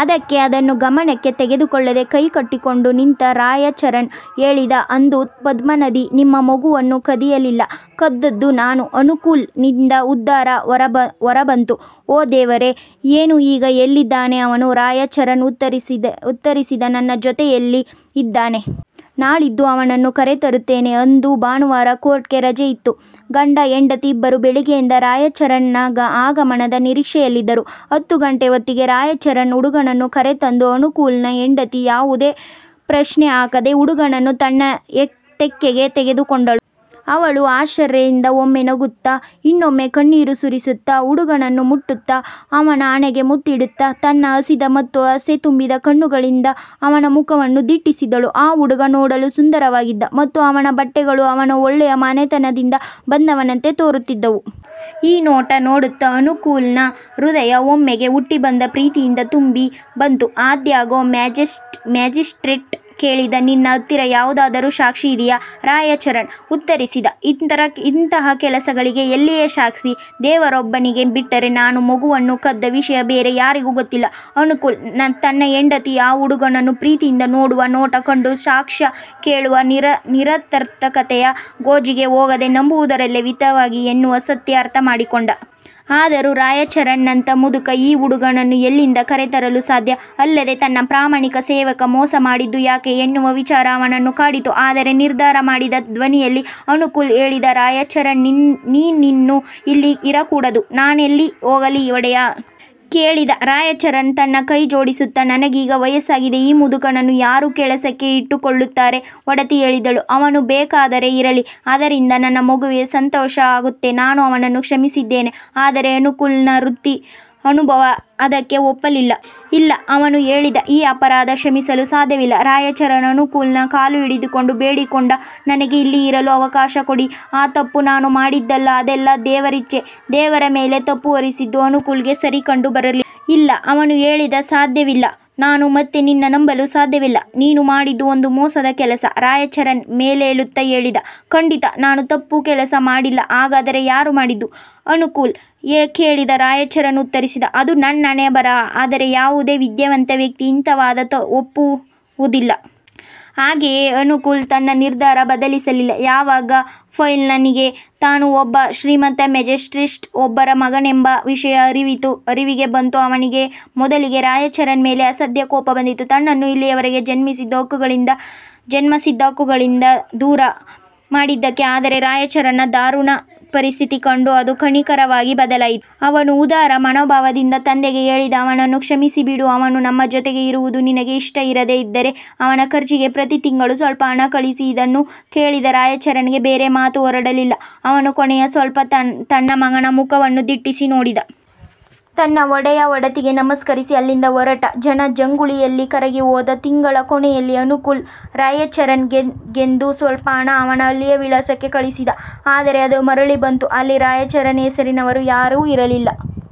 ಆದರೆ ಅದನ್ನು ಗಮನಕ್ಕೆ ತೆಗೆದುಕೊಳ್ಳದೆ, ಕೈ ಕಟ್ಟಿಕೊಂಡು ನಿಂತ ರಾಯಚರಣ್ ಹೇಳಿದ "ಅಂದು ಪದ್ಮ ನದಿ ನಿಮ್ಮ ಮಗುವನ್ನು ಕದಿಯಲಿಲ್ಲ. ಕದ್ದದ್ದು ನಾನು" ಅನುಕೂಲ್ ನಿಂದ ಉದ್ಗಾರ ಹೊರ ಬಂತು "ಓ ದೇವರೇ! ಏನು ಈಗ ಎಲ್ಲಿದ್ದಾನೆ ಅವನು? " ರಾಯಚರಣ್ ಉತ್ತರಿಸಿದ "ನನ್ನ ಜೊತೆಯಲ್ಲಿ ಇದ್ದಾನೆ. ನಾಳಿದ್ದು ಅವನನ್ನು ಕರೆ ತರುತ್ತೇನೆ" ಅಂದು ಭಾನುವಾರ. ಕೋರ್ಟ್ ಗೆ ರಜೆ ಇತ್ತು. ಗಂಡ ಹೆಂಡತಿ ಇಬ್ಬರೂ ಬೆಳಿಗ್ಗೆಯಿಂದ ರಾಯಚರಣ್ ನ ಆಗಮನದ ನೀರಿಕ್ಷೆಯಲ್ಲಿದ್ದರು. ಹತ್ತು ಗಂಟೆ ಹೊತ್ತಿಗೆ, ರಾಯಚರಣ್ ಹುಡುಗನನ್ನು ಕರೆ ತಂದ. ಅನುಕೂಲ್ ನ ಹೆಂಡತಿ, ಯಾವುದೇ ಪ್ರಶ್ನೆ ಹಾಕದೇ, ಹುಡುಗನನ್ನು ತನ್ನ ತೆಕ್ಕೆಗೆ ತೆಗೆದುಕೊಂಡಳು. ಅವಳು ಆಶ್ಚರ್ಯದಿಂದ, ಒಮ್ಮೆ ನಗುತ್ತ, ಇನ್ನೊಮ್ಮೆ ಕಣ್ಣೀರು ಸುರಿಸುತ್ತ, ಹುಡುಗನನ್ನು ಮುಟ್ಟುತ್ತ, ಅವನ ಹಣೆಗೆ ಮುತ್ತಿಡುತ್ತ, ತನ್ನ ಹಸಿದ ಮತ್ತು ಆಸೆ ತುಂಬಿದ ಕಣ್ಣುಗಳಿಂದ ಅವನ ಮುಖವನ್ನು ದಿಟ್ಟಿಸಿದಳು. ಆ ಹುಡುಗ ನೋಡಲು ಸುಂದರವಾಗಿದ್ದ ಮತ್ತು ಅವನ ಬಟ್ಟೆಗಳು ಅವನು ಒಳ್ಳೆಯ ಮನೆತನದಿಂದ ಬಂದವನಂತೆ ತೋರುತ್ತಿದ್ದವು. ಈ ನೋಟ ನೋಡುತ್ತ ಅನುಕೂಲ್ ನ ಹೃದಯ ಒಮ್ಮೆಗೆ ಹುಟ್ಟಿ ಬಂದ ಪ್ರೀತಿಯಿಂದ ತುಂಬಿ ಬಂತು. ಆದಾಗ್ಯೂ ಮ್ಯಾಜಿಸ್ಟ್ರೇಟ್ ಕೇಳಿದ "ನಿನ್ನ ಹತ್ತಿರ ಯಾವುದಾದರೂ ಸಾಕ್ಷಿ ಇದೆಯಾ? " ರಾಯಚರಣ್ ಉತ್ತರಿಸಿದ "ಇಂತಹ ಕೆಲಸಗಳಿಗೆ ಎಲ್ಲಿಯ ಸಾಕ್ಷಿ? ದೇವರೋಬ್ಬನಿಗೆ ಬಿಟ್ಟರೆ, ನಾನು ಮಗುವನ್ನು ಕದ್ದ ವಿಷಯ ಬೇರೆ ಯಾರಿಗೂ ಗೊತ್ತಿಲ್ಲ" ಅನುಕೂಲ್ ತನ್ನ ಹೆಂಡತಿ ಆ ಹುಡುಗನನ್ನು ಪ್ರೀತಿಯಿಂದ ನೋಡುವ ನೋಟ ಕಂಡು, ಸಾಕ್ಷ್ಯ ಕೇಳುವ ನಿರರ್ಥಕತೆಯ ಗೋಜಿಗೆ ಹೋಗದೇ ನಂಬುವುದರಲ್ಲೇ ಹಿತವಿದೆ ಎನ್ನುವ ಸತ್ಯ ಅರ್ಥ ಮಾಡಿಕೊಂಡ. ಆದರೂ ರಾಯಚರಣ್ ನಂಥ ಮುದುಕ ಈ ಹುಡುಗನ್ನು ಎಲ್ಲಿಂದ ಕರೆ ತರಲು ಸಾಧ್ಯ? ಅಲ್ಲದೆ ತನ್ನ ಪ್ರಾಮಾಣಿಕ ಸೇವಕ ಮೋಸ ಮಾಡಿದ್ದು ಯಾಕೆ? ಎನ್ನುವ ವಿಚಾರ ಅವನನ್ನು ಕಾಡಿತು. "ಆದರೆ" ನಿರ್ಧಾರ ಮಾಡಿದ ಧ್ವನಿಯಲ್ಲಿ ಅನುಕೂಲ್ ಹೇಳಿದ "ರಾಯಚರಣ್, ನೀನಿನ್ನೂ, ಇಲ್ಲಿ ಇರಕೂಡದು" "ನಾನೆಲ್ಲಿ ಹೋಗಲಿ, ಒಡೆಯ? " ಕೇಳಿದ ರಾಯಚರಣ್ ತನ್ನ ಕೈ ಜೋಡಿಸುತ್ತ "ನನಗೀಗ ವಯಸ್ಸಾಗಿದೆ. ಈ ಮುದುಕನನ್ನು ಯಾರು ಕೆಲಸಕ್ಕೆ ಇಟ್ಟು ಕೊಳ್ಳುತ್ತಾರೆ? " ಒಡತಿ ಹೇಳಿದಳು "ಅವನು ಬೇಕಾದರೆ ಇರಲಿ. ಅದರಿಂದ ನನ್ನ ಮಗುವಿಗೆ ಸಂತೋಷ ಆಗುತ್ತೆ. ನಾನು ಅವನನ್ನು ಕ್ಷಮಿಸಿದ್ದೇನೆ" ಆದರೆ ಅನುಕೂಲ್ ನ ವೃತ್ತಿ ಅನುಭವ ಅದಕ್ಕೆ ಒಪ್ಪಲಿಲ್ಲ. "ಇಲ್ಲ" ಅವನು ಹೇಳಿದ "ಈ ಅಪರಾಧ ಕ್ಷಮಿಸಲು ಸಾಧ್ಯವಿಲ್ಲ" ರಾಯಚರಣ್ ಅನುಕೂಲ್ ನ ಕಾಲು ಹಿಡಿದುಕೊಂಡು ಬೇಡಿಕೊಂಡ "ನನಗೆ ಇಲ್ಲಿ ಇರಲು ಅವಕಾಶ ಕೊಡಿ. ಆ ತಪ್ಪು ನಾನು ಮಾಡಿದ್ದಲ್ಲ. ಅದೆಲ್ಲ ದೇವರಿಚ್ಚೆ" ದೇವರ ಮೇಲೆ ತಪ್ಪು ಹೊರಿಸಿದ್ದು ಅನುಕೂಲ್ ಗೆ ಸರಿ ಕಂಡು ಬರಲಿಲ್ಲ. "ಇಲ್ಲ" ಅವನು ಹೇಳಿದ "ಸಾಧ್ಯವಿಲ್ಲ. ನಾನು ಮತ್ತೆ ನಿನ್ನನ್ನು ನಂಬಲು ಸಾಧ್ಯವಿಲ್ಲ. ನೀನು ಮಾಡಿದ್ದು ಒಂದು ಮೋಸದ ಕೆಲಸ" ರಾಯಚರಣ್ ಮೇಲೇಳುತ್ತ ಹೇಳಿದ "ಖಂಡಿತ ನಾನು ತಪ್ಪು ಕೆಲಸ ಮಾಡಿಲ್ಲ" "ಹಾಗಾದರೆ ಯಾರು ಮಾಡಿದ್ದು? " ಅನುಕೂಲ್ ಕೇಳಿದ. ರಾಯಚರಣ್ ಉತ್ತರಿಸಿದ "ಅದು ನನ್ನ ಹಣೆ ಬರಹ" ಆದರೆ ಯಾವುದೇ ವಿದ್ಯಾವಂತ ವ್ಯಕ್ತಿ ಇಂತಹ ವಾದ ಒಪ್ಪುವುದಿಲ್ಲ. ಹಾಗೆಯೇ ಅನುಕೂಲ್ ತನ್ನ ನಿರ್ಧಾರ ಬದಲಿಸಲಿಲ್ಲ. ಯಾವಾಗ ಫೈಲ್ನ ನಿಗೆ ತಾನು ಒಬ್ಬ ಶ್ರೀಮಂತ ಮ್ಯಾಜಿಸ್ಟ್ರೇಟ್ ಒಬ್ಬರ ಮಗನೆಂಬ ವಿಷಯ ಅರಿವಿಗೆ ಬಂತೋ, ಅವನಿಗೆ ಮೊದಲಿಗೆ ರಾಯಚರಣ್ ಮೇಲೆ ಅಸಾಧ್ಯ ಕೋಪ ಬಂತು, ತನ್ನನ್ನು ಇಲ್ಲಿಯವರೆಗೆ ಜನ್ಮಸಿದ್ಧ ಹಕ್ಕುಗಳಿಂದ ದೂರ ಮಾಡಿದ್ದಕ್ಕೆ. ಆದರೆ ರಾಯಚರಣ್ ನ ದಾರುಣ ಪರಿಸ್ಥಿತಿ ಕಂಡು ಅದು ಕನಿಕರವಾಗಿ ಬದಲಾಯಿತು. ಅವನು ಉದಾರ ಮನೋಭಾವದಿಂದ ತಂದೆಗೆ ಹೇಳಿದ "ಅವನನ್ನು ಕ್ಷಮಿಸಿಬಿಡು. ಅವನು ನಮ್ಮ ಜೊತೆಗೆ ಇರುವುದು ನಿನಗೆ ಇಷ್ಟ ಇರದೇ ಇದ್ದರೇ, ಅವನ ಖರ್ಚಿಗೆ ಪ್ರತಿ ತಿಂಗಳು ಸ್ವಲ್ಪ ಹಣ ಕಳಿಸು" ಇದನ್ನು ಕೇಳಿದ ರಾಯಚರಣ್ ಗೆ ಬೇರೆ ಮಾತೇ ಹೊರಡಲಿಲ್ಲ. ಅವನು ಕೊನೆಯ ಸಲ ತನ್ನ ಮಗನ ಮುಖವನ್ನು ದಿಟ್ಟಿಸಿ ನೋಡಿದ. ತನ್ನ ಒಡೆಯ, ಒಡತಿಗೆ ನಮಸ್ಕರಿಸಿ ಅಲ್ಲಿಂದ ಹೊರಟು ಜನ ಜಂಗುಳಿಯಲ್ಲಿ ಕರಗಿ ಹೋದ. ತಿಂಗಳ ಕೊನೆಯಲ್ಲಿ ಅನುಕೂಲ್ ರಾಯಚರಣ್ ಗೆಂದು ಸ್ವಲ್ಪ ಹಣ ಅವನ ಹಳ್ಳಿಯ ವಿಳಾಸಕ್ಕೆ ಕಳಿಸಿದ. ಆದರೆ ಅದು ಮರಳಿ ಬಂತು. ಅಲ್ಲಿ ರಾಯಚರಣ್ ಹೆಸರಿನವರು ಯಾರೂ ಇರಲಿಲ್ಲ.